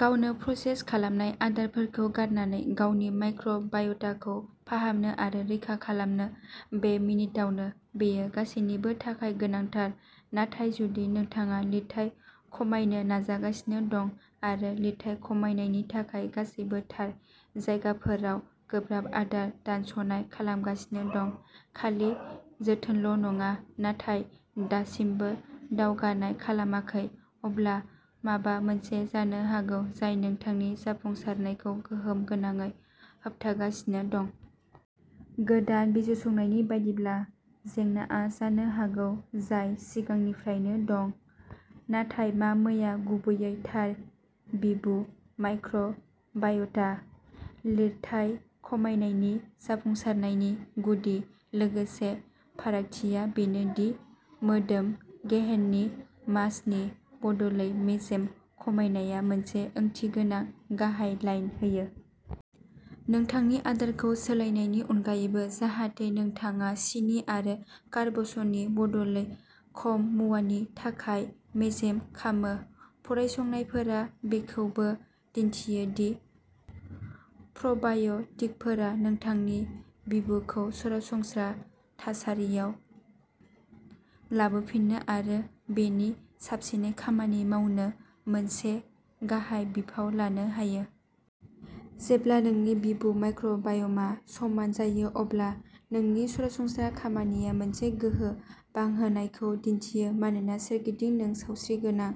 गावनो, प्रसेस खालामनाय आदारफोरखौ गारनानै गावनि माइक्र' बाय'टाखौ फाहामनो आरो रैखा खालामनो, बे मिनिटआवनो। बेयो गासैनिबो थाखाय गोनांथार, नाथाय जुदि नोंथाङा लिरथाइ खमायनो नाजागासिनो दं आरो लिरथाइ खमायनायनि थाखाय गासैबो थार जायगाफोराव गोब्राब आदार दानस'नाय खालामगासिनो दं, खालि जोथोनल' नङा, नाथाय दासिमबो दावगानाय खालामाखै, अब्ला माबा मोनसे जानो हागौ जाय नोंथांनि जाफुंसारनायखौ गोहोम गोनाङै होबथागासिनो दं। गोदान बिजिरसंनायनि बायदिब्ला, जेंनाआ जानो हागौ जाय सिगांनिफ्रायनो दं, नाथाय मा गैया गुबैयै थार बिबु माइक्र' बाय'टा। लिरथाइ खमायनायनि जाफुंसारनायनि गुदि, लोगोसे फारागथिया बेनो दि मोदोम गेहेननि मासनि बदलै मेजेम खमायनाया मोनसे ओंथिगोनां गाहाय लाइन होयो। नोंथांनि आदारखौ सोलायनायनि अनगायैबो जाहाथे नोंथाङा सिनि आरो कार्बसनि बदलै खाम मुवानि थाखाय मेजेम खामो, फरायसंनायफोरा बेखौबो दिन्थियो दि प्र'बाय'टिकफोरा नोंथांनि बिबुखौ सरासनस्रा थासारियाव लाबोफिन्नो आरो बेनि साबसिनै खामानि मावनो मोनसे गाहाय बिफाव लानो हायो। जेब्ला नोंनि बिबु माइक्र'बाय'मआ समान जायो, अब्ला नोंनि सरासनस्रा खामानिया मोनसे गोहो बांहोनायखौ दिन्थियो मानोना सोरगिदिं, नों सावस्रि गोनां।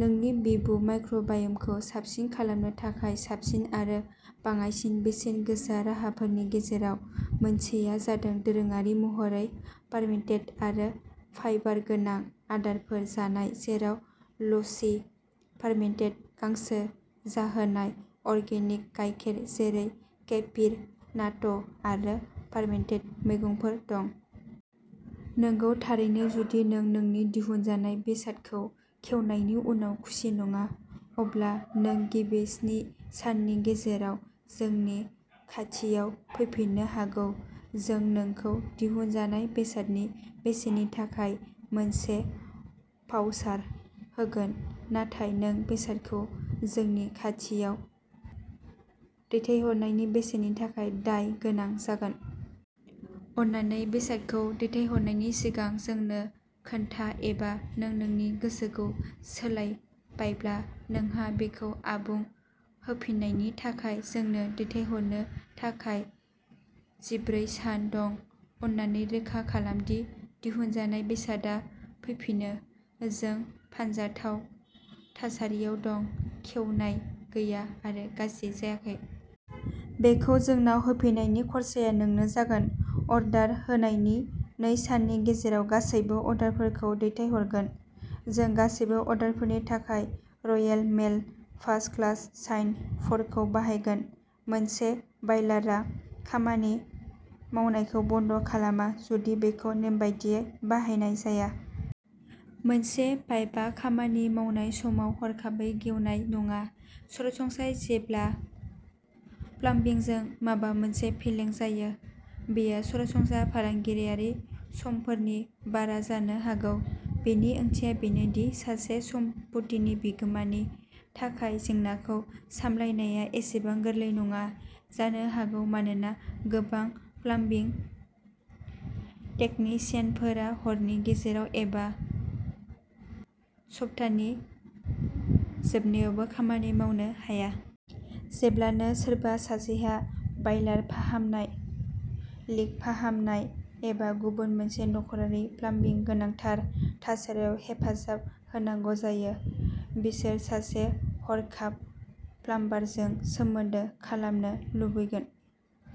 नोंनि बिबु माइक्र' बाय'मखौ साबसिन खालामनो थाखाय साबसिन आरो बाङाइसिन बेसेन गोसा राहाफोरनि गेजेराव मोनसेआ जादों दोरोङारि महरै फार्मेन्टेड आरो फाइबार गोनां आदारफोर जानाय, जेराव लस्सी, फार्मेन्टेड गांसो जाहोनाय अर्गेनिक गायखेर जेरै केफिर, नाट' आरो फार्मेन्टेड मैगंफोर दं। नंगौ थारैनो जुदि नों नोंनि दिहुनजानाय बेसादखौ खेवनायनि उनाव खुसि नङा, अब्ला नों गिबि स्नि साननि गेजेराव जोंनि खाथियाव फैफिननो हागौ, जों नोंखौ दिहुनजानाय बेसादनि बेसेननि थाखाय मोनसे भाउचार होगोन। नाथाय नों बेसादखौ जोंनि खाथियाव दैथायहरनायनि बेसेननि थाखाय दाय गोनां जागोन। अन्नानै बेसादखौ दैथायहरनायनि सिगां जोंनो खोन्था एबा नों नोंनि गोसोखौ सोलायबायब्ला, नोंहा बेखौ आबुं होफिन्नायनि थाखाय जोंनो दैथायहरनो थाखाय जिब्रै सान दं। अन्नानै रोखा खालाम दि दिहुनजानाय बेसादआ फैफिनो। जों फानजाथाव थासारियाव दं, खेवनाय गैया आरो गाज्रि जायाखै। बेखौ जोंनाव होफिन्नायनि खर्साया नोंनो जागोन। अर्डार होनायनि नै साननि गेजेराव गासैबो अर्डारफोरखौ दैथायहरगोन। जों गासैबो अर्डारफोरनि थाखाय Royal Mail first class sign फरखौ बाहायगोन। मोनसे बायलारआ खामानि मावनायखौ बन्द' खालामा जुदि बेखौ नेमबादियै बाहायनाय जाया। मोनसे पाइपआ खामानि मावनाय समाव हरखाबै गेवनाय नङा। सरासनस्रायै, जेब्ला प्लाम्बिंजों माबा मोनसे फेलें जायो, बेयो सरासनस्रा फालांगियारि समफोरनि बारा जानो हागौ। बेनि ओंथिया बेनो दि सासे सम्पथिनि बिगुमानि थाखाय जेंनाखौ सामलायनाया एसेबां गोरलै नङा जानो हागौ मानोना गोबां प्लाम्बिं टेकनिशियानफोरा हरनि गेजेराव एबा सप्तानि जोबनायावबो खामानि मावनो हाया। जेब्लानो सोरबा सासेहा बायलार फाहामनाय, लिक फाहामनाय, एबा गुबुन मोनसे नखरारि प्लाम्बिं गोनांथार थासारियाव हेफाजाब होनांगौ जायो, बिसोर सासे हरखाब प्लाम्बारजों सोमोन्दो खालामनो लुबैगोन।